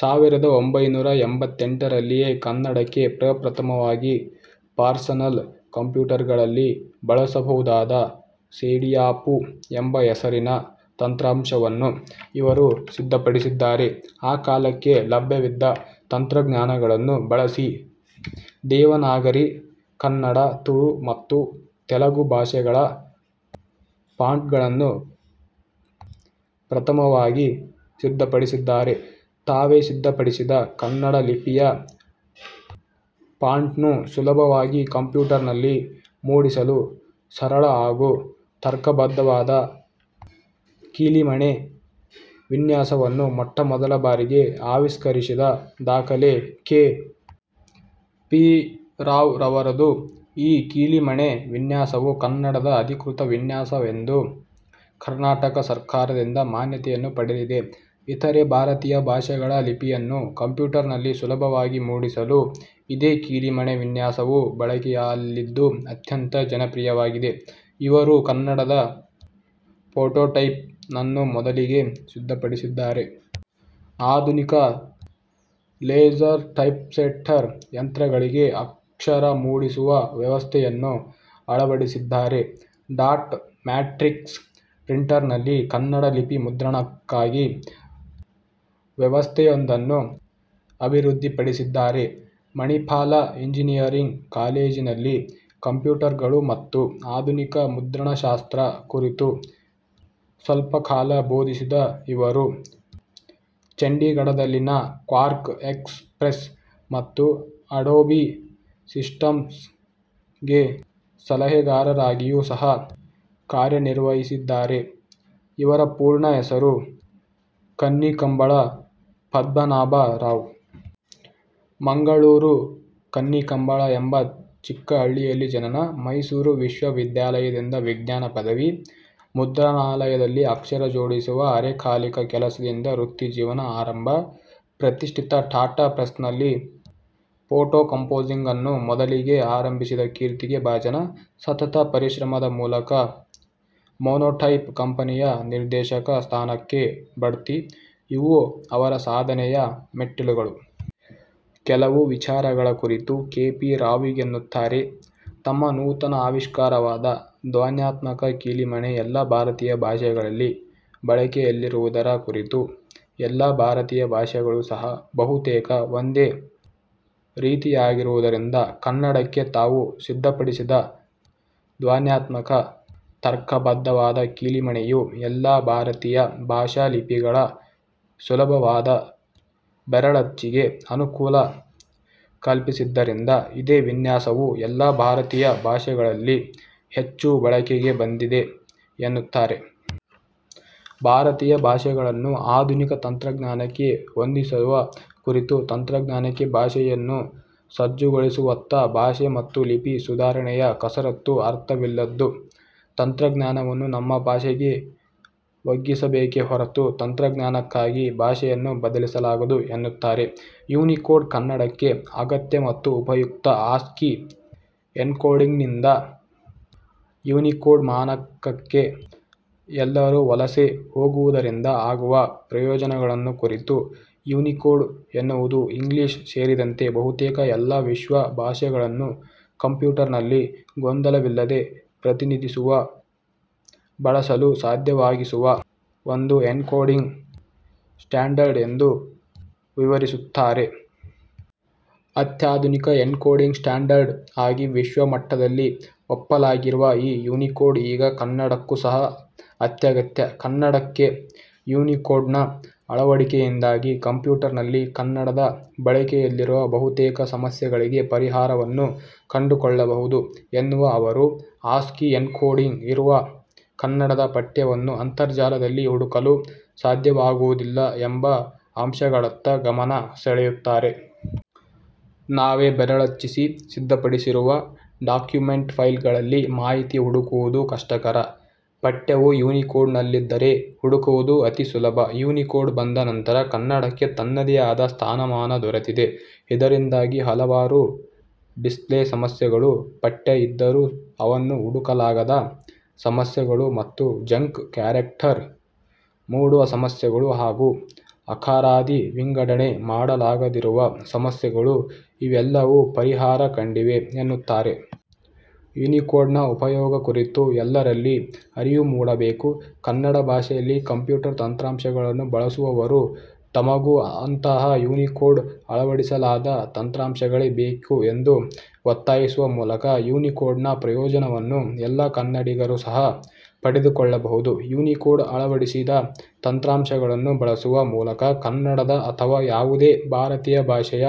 ಸಾವಿರದ ಒಂಭೈನೂರ ಎಂಬತ್ತೆಂಟರಲ್ಲಿಯೇ ಕನ್ನಡಕ್ಕೆ ಪ್ರಪ್ರಥಮವಾಗಿ ಪರ್ಸನಲ್ ಕಂಪ್ಯೂಟರ್ಗಳಲ್ಲಿ ಬಳಸಬಹುದಾದ ಸೇಡಿಯಾಪು' ಎಂಬ ಹೆಸರಿನ ತಂತ್ರಾಂಶವನ್ನು ಇವರು ಸಿದ್ಧಪಡಿಸಿದ್ದಾರೆ. ಆ ಕಾಲಕ್ಕೆ ಲಭ್ಯವಿದ್ದ ತಂತ್ರಜ್ಞಾನಗಳನ್ನು ಬಳಸಿ ದೇವನಾಗರಿ, ಕನ್ನಡ, ತುಳು ಮತ್ತು ತೆಲುಗು ಭಾಷೆಗಳ ಫಾಂಟ್ಗಳನ್ನು ಪ್ರಥಮವಾಗಿ ಸಿದ್ಧಪಡಿಸಿದ್ದಾರೆ. ತಾವೇ ಸಿದ್ಧಪಡಿಸಿದ ಕನ್ನಡ ಲಿಪಿಯ ಫಾಂಟ್ನ್ನು ಸುಲಭವಾಗಿ ಕಂಪ್ಯೂಟರ್ನಲ್ಲಿ ಮೂಡಿಸಲು ಸರಳ ಹಾಗೂ ತರ್ಕಬದ್ಧವಾದ ಕೀಲಿಮಣೆ ವಿನ್ಯಾಸವನ್ನು ಮೊಟ್ಟಮೊದಲ ಬಾರಿಗೆ ಆವಿಷ್ಕರಿಸಿದ ದಾಖಲೆ ಕೆ. ಪಿ ರಾವ್ ರವರದು. ಈ ಕೀಲಿಮಣೆ ವಿನ್ಯಾಸವು ಕನ್ನಡದ ಅಧಿಕೃತ ವಿನ್ಯಾಸ ಎಂದು ಕರ್ನಾಟಕ ಸರಕಾರದಿಂದ ಮಾನ್ಯತೆಯನ್ನು ಪಡೆದಿದೆ. ಇತರೆ ಭಾರತೀಯ ಭಾಷೆಗಳ ಲಿಪಿಯನ್ನು ಕಂಪ್ಯೂಟರ್ನಲ್ಲಿ ಸುಲಭವಾಗಿ ಮೂಡಿಸಲು ಇದೇ ಕೀಲಿಮಣೆ ವಿನ್ಯಾಸವು ಬಳಕೆಯಲ್ಲಿದ್ದು ಅತ್ಯಂತ ಜನಪ್ರಿಯವಾಗಿದೆ. ಇವರು ಕನ್ನಡದ ಫೋಟೋಟೈಪ್ ನನ್ನು ಮೊದಲಿಗೆ ಸಿದ್ಧಪಡಿಸಿದ್ದಾರೆ. ಆಧುನಿಕ ಲೇಸರ್ಟೈಪ್ಸೆಟ್ಟರ್ ಯಂತ್ರಗಳಿಗೆ ಅಕ್ಷರ ಮೂಡಿಸುವ ವ್ಯವಸ್ಥೆಯನ್ನು ಅಳವಡಿಸಿದ್ದಾರೆ. ಡಾಟ್ ಮ್ಯಾಟ್ರಿಕ್ಸ್ ಪ್ರಿಂಟರ್ನಲ್ಲಿ ಕನ್ನಡ ಲಿಪಿ ಮುದ್ರಣಕ್ಕಾಗಿ ವ್ಯವಸ್ಥೆಯೊಂದನ್ನು ಅಭಿವೃದ್ಧಿಪಡಿಸಿದ್ದಾರೆ. ಮಣಿಪಾಲ ಇಂಜಿನಿಯರಿಂಗ್ ಕಾಲೇಜಿನಲ್ಲಿ ಕಂಪ್ಯೂಟರ್ಗಳು ಮತ್ತು ಆಧುನಿಕ ಮುದ್ರಣಶಾಸ್ತ್ರ ಕುರಿತು ಸ್ವಲ್ಪಕಾಲ ಬೋಧಿಸಿದ ಇವರು ಚಂಡೀಗಢದಲ್ಲಿನ ಕ್ವಾರ್ಕ್ ಎಕ್ಸ್ ಪ್ರೆಸ್ ಮತ್ತು ಅಡೋಬಿ ಸಿಸ್ಟಂಸ್ ಗೆ ಸಲಹೆಗಾರರಾಗಿಯೂ ಸಹ ಕಾರ್ಯನಿರ್ವಹಿಸಿದ್ದಾರೆ ಇವರ ಪೂರ್ಣ ಹೆಸರು ಕನ್ನಿಕಂಬಳ ಪದ್ಮನಾಭ ರಾವ್. ಮಂಗಳೂರು ಬಳಿಯ ಕನ್ನಿಕಂಬಳ ಎಂಬ ಚಿಕ್ಕಹಳ್ಳಿಯಲ್ಲಿ ಜನನ. ಮೈಸೂರು ವಿಶ್ವ ವಿದ್ಯಾಲಯದಿಂದ ವಿಜ್ಞಾನ ಪದವಿ. ಮುದ್ರಣಾಲಯದಲ್ಲಿ ಅಕ್ಷರ ಜೋಡಿಸುವ ಅರೆಕಾಲಿಕ ಕೆಲಸದಿಂದ ವೃತ್ತಿಜೀವನ ಆರಂಭ. ಪ್ರತಿಷ್ಠಿತ ಟಾಟಾ ಪ್ರೆಸ್ನಲ್ಲಿ ಫೋಟೋಕಂಪೋಸಿಂಗನ್ನು ಮೊದಲಿಗೆ ಆರಂಭಿಸಿದ ಕೀರ್ತಿಗೆ ಭಾಜನ. ಸತತ ಪರಿಶ್ರಮದ ಮೂಲಕ ಮೊನೋಟೈಪ್ ಕಂಪನಿಯ ನಿರ್ದೇಶಕ ಸ್ಥಾನಕ್ಕೆ ಬಡ್ತಿ ಇವು ಅವರ ಸಾಧನೆಯ ಮೆಟ್ಟಿಲುಗಳು. ಕೆಲವು ವಿಚಾರಗಳ ಕುರಿತು ಕೆ. ಪಿ ರಾವ್ಹೀಗೆನ್ನುತ್ತಾರೆ ತಮ್ಮ ನೂತನ ಆವಿಷ್ಕಾರವಾದ ಧ್ವನ್ಯಾತ್ಮಕ ಕೀಲಿಮಣೆ ಎಲ್ಲ ಭಾರತೀಯ ಭಾಷೆಯಲ್ಲಿ ಬಳಕೆಯಲ್ಲಿರುವುದರ ಕುರಿತು ಎಲ್ಲಾ ಭಾರತೀಯ ಭಾಷೆಗಳೂ ಸಹ ಬಹುತೇಕ ಒಂದೇ ರೀತಿಯಾಗಿರುವುದರಿಂದ ಕನ್ನಡಕ್ಕೆ ತಾವು ಸಿದ್ಧಪಡಿಸಿದ ಧ್ವನ್ಯಾತ್ಮಕ, ತರ್ಕಬದ್ಧವಾದ ಕೀಲಿಮಣೆಯು ಎಲ್ಲಾ ಭಾರತೀಯ ಭಾಷಾ ಲಿಪಿಗಳ ಸುಲಭವಾದ ಬೆರಳಚ್ಚಿಗೆ ಅನುಕೂಲ ಕಲ್ಪಿಸಿದ್ದರಿಂದ ಇದೇ ವಿನ್ಯಾಸವು ಎಲ್ಲಾ ಭಾರತೀಯ ಭಾಷೆಗಳಲ್ಲಿ ಹೆಚ್ಚು ಬಳಕೆಗೆ ಬಂದಿದೆ ಎನ್ನುತ್ತಾರೆ. ಭಾರತೀಯ ಭಾಷೆಗಳನ್ನು ಆಧುನಿಕ ತಂತ್ರಜ್ಞಾನಕ್ಕೆ ಹೊಂದಿಸುವ ಕುರಿತು ತಂತ್ರಜ್ಞಾನಕ್ಕೆ ಭಾಷೆಯನ್ನು ಸಜ್ಜುಗೊಳಿಸುವತ್ತ ಭಾಷೆ ಮತ್ತು ಲಿಪಿ ಸುಧಾರಣೆಯ ಕಸರತ್ತು ಅರ್ಥವಿಲ್ಲದ್ದು, ತಂತ್ರಜ್ಞಾನವನ್ನು ನಮ್ಮ ಭಾಷೆಗೆ ಒಗ್ಗಿಸಬೇಕೆ ಹೊರತು ತಂತ್ರಜ್ಞಾನಕ್ಕಾಗಿ ಭಾಷೆಯನ್ನು ಬದಲಿಸಲಾಗದು ಎನ್ನುತ್ತಾರೆ. ಯುನಿಕೋಡ್ ಕನ್ನಡಕ್ಕೆ ಅಗತ್ಯ ಮತ್ತು ಉಪಯುಕ್ತ ಆಸ್ಕಿ ಎನ್ಕೋಡಿಂಗ್ನಿಂದ ಯುನಿಕೋಡ್ ಮಾನಕಕ್ಕೆ ಎಲ್ಲರೂ ವಲಸೆ ಹೋಗುವುದರಿಂದ ಆಗುವ ಪ್ರಯೋಜನಗಳನ್ನು ಕುರಿತು ಯುನಿಕೋಡ್ ಎನ್ನುವುದು ಇಂಗ್ಲಿಷ್ ಸೇರಿದಂತೆ ಬಹುತೇಕ ಎಲ್ಲಾ ವಿಶ್ವ ಭಾಷೆಗಳನ್ನು ಕಂಪ್ಯೂಟರ್ನಲ್ಲಿ ಗೊಂದಲವಿಲ್ಲದೆ ಪ್ರತಿನಿಧಿಸುವ, ಬಳಸಲು ಸಾಧ್ಯವಾಗಿಸುವ ಒಂದು ಎನ್ಕೋಡಿಂಗ್' ಸ್ಟ್ಯಾಂಡರ್ಡ್ ಎಂದು ವಿವರಿಸುತ್ತಾರೆ. ಅತ್ಯಾಧುನಿಕ ಎನ್ಕೋಡಿಂಗ್ ಸ್ಟ್ಯಾಂಡರ್ಡ್ ಆಗಿ ವಿಶ್ವ ಮಟ್ಟದಲ್ಲಿ ಒಪ್ಪಲಾಗಿರುವ ಈ ಯುನಿಕೋಡ್ ಈಗ ಕನ್ನಡಕ್ಕೂ ಸಹ ಅತ್ಯಗತ್ಯ. ಕನ್ನಡಕ್ಕೆ ಯುನಿಕೋಡ್ನ ಅಳವಡಿಕೆಯಿಂದಾಗಿ ಕಂಪ್ಯೂಟರ್ನಲ್ಲಿ ಕನ್ನಡದ ಬಳಕೆಯಲ್ಲಿರುವ ಬಹುತೇಕ ಸಮಸ್ಯೆಗಳಿಗೆ ಪರಿಹಾರವನ್ನು ಕಂಡುಕೊಳ್ಳಬಹುದು ಎನ್ನುವ ಅವರು, ಆಸ್ಕಿ ಎನ್ಕೋಡಿಂಗ್ ಇರುವ ಕನ್ನಡದ ಪಠ್ಯವನ್ನು ಅಂತರಜಾಲದಲ್ಲಿ ಹುಡುಕಲು ಸಾಧ್ಯವಾಗುವುದಿಲ್ಲ ಎಂಬ ಅಂಶಗಳತ್ತ ಗಮನ ಸೆಳೆಯುತ್ತಾರೆ. ನಾವೇ ಬೆರಳಚ್ಚಿಸಿ ಸಿದ್ಧಪಡಿಸಿರುವ ಡಾಕ್ಯುಮೆಂಟ್ ಫೈಲ್ಗಳಲ್ಲಿ ಮಾಹಿತಿ ಹುಡುಕುವುದು ಕಷ್ಟಕರ. ಪಠ್ಯವು ಯುನಿಕೋಡ್'ನಲ್ಲಿದ್ದರೆ, ಹುಡುಕುವುದು ಅತಿ ಸುಲಭ. ಯುನಿಕೋಡ್ ಬಂದ ನಂತರ ಕನ್ನಡಕ್ಕೆ ತನ್ನದೇ ಆದ ಸ್ಥಾನ-ಮಾನ ದೊರೆತಿದೆ. ಇದರಿಂದಾಗಿ, ಹಲವಾರು ಡಿಸ್ಪ್ಲೇ ಸಮಸ್ಯೆಗಳು, ಪಠ್ಯ ಇದ್ದರೂ ಅವನ್ನು ಹುಡುಕಲಾಗದ ಸಮಸ್ಯೆಗಳು ಮತ್ತು ಜಂಕ್ ಕ್ಯಾರೆಕ್ಟರ್ ಮೂಡುವ ಸಮಸ್ಯೆಗಳು ಹಾಗೂ ಅಕಾರಾದಿ ವಿಂಗಡಣೆ ಮಾಡಲಾಗದಿರುವ ಸಮಸ್ಯೆಗಳು ಇವೆಲ್ಲವು ಪರಿಹಾರ ಕಂಡಿವೆ ಎನ್ನುತ್ತಾರೆ. ಯುನಿಕೋಡ್ನ ಉಪಯೋಗ ಕುರಿತು ಎಲ್ಲರಲ್ಲಿ ಅರಿವು ಮೂಡಬೇಕು. ಕನ್ನಡ ಭಾಷೆಯಲ್ಲಿ ಕಂಪ್ಯೂಟರ್ ತಂತ್ರಾಂಶಗಳನ್ನು ಬಳಸುವವರು ತಮಗೂ ಅಂತಹ ಯುನಿಕೋಡ್ ಅಳವಡಿಸಲಾದ ತಂತ್ರಾಂಶಗಳೇ ಬೇಕು ಎಂದು ಒತ್ತಾಯಿಸುವ ಮೂಲಕ ಯುನಿಕೋಡ್ನ ಪ್ರಯೋಜನವನ್ನು ಎಲ್ಲಾ ಕನ್ನಡಿಗರೂ ಸಹ ಪಡೆದುಕೊಳ್ಳಬಹುದು. ಯುನಿಕೋಡ್ ಅಳವಡಿಸಿದ ತಂತ್ರಾಂಶಗಳನ್ನು ಬಳಸುವ ಮೂಲಕ ಕನ್ನಡದ ಅಥವಾ ಯಾವುದೇ ಭಾರತೀಯ ಭಾಷೆಯ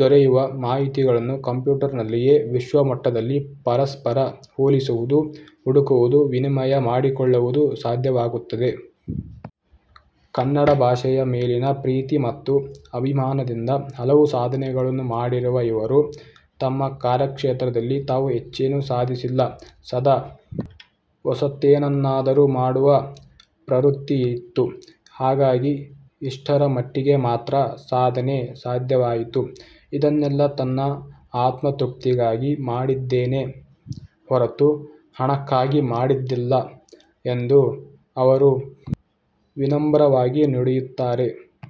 ದೊರೆಯುವ ಮಾಹಿತಿಗಳನ್ನು ಕಂಪ್ಯೂಟರ್ನಲ್ಲಿಯೇ ವಿಶ್ವಮಟ್ಟದಲ್ಲಿ ಪರಸ್ಪರ ಹೋಲಿಸುವುದು, ಹುಡುಕುವುದು, ವಿನಿಮಯ ಮಾಡಿಕೊಳ್ಳುವುದು ಸಾಧ್ಯವಾಗುತ್ತದೆ. ಕನ್ನಡ ಭಾಷೆಯ ಮೇಲಿನ ಪ್ರೀತಿ ಮತ್ತು ಅಭಿಮಾನದಿಂದ ಹಲವು ಸಾಧನೆಗಳನ್ನು ಮಾಡಿರುವ ಇವರು ತಮ್ಮ ಕಾರ್ಯಕ್ಷೇತ್ರದಲ್ಲಿ ತಾವು ಹೆಚ್ಚೇನೂ ಸಾಧಿಸಿಲ್ಲ, ಸದಾ ಹೊಸತೇನನ್ನಾದರೂ ಮಾಡುವ ಪ್ರವೃತ್ತಿಯಿತ್ತು. ಹಾಗಾಗಿ ಇಷ್ಟರ ಮಟ್ಟಿಗೆ ಮಾತ್ರ ಸಾಧನೆ ಸಾಧ್ಯವಾಯಿತು. ಇದನ್ನೆಲ್ಲಾ ನನ್ನ ಆತ್ಮತೃಪ್ತಿಗಾಗಿ ಮಾಡಿದ್ದೇನೆ ಹೊರತು ಹಣಕ್ಕಾಗಿ ಮಾಡಿದ್ದಲ್ಲ ಎಂದು ಅವರು ವಿನಮ್ರವಾಗಿ ನುಡಿಯುತ್ತಾರೆ.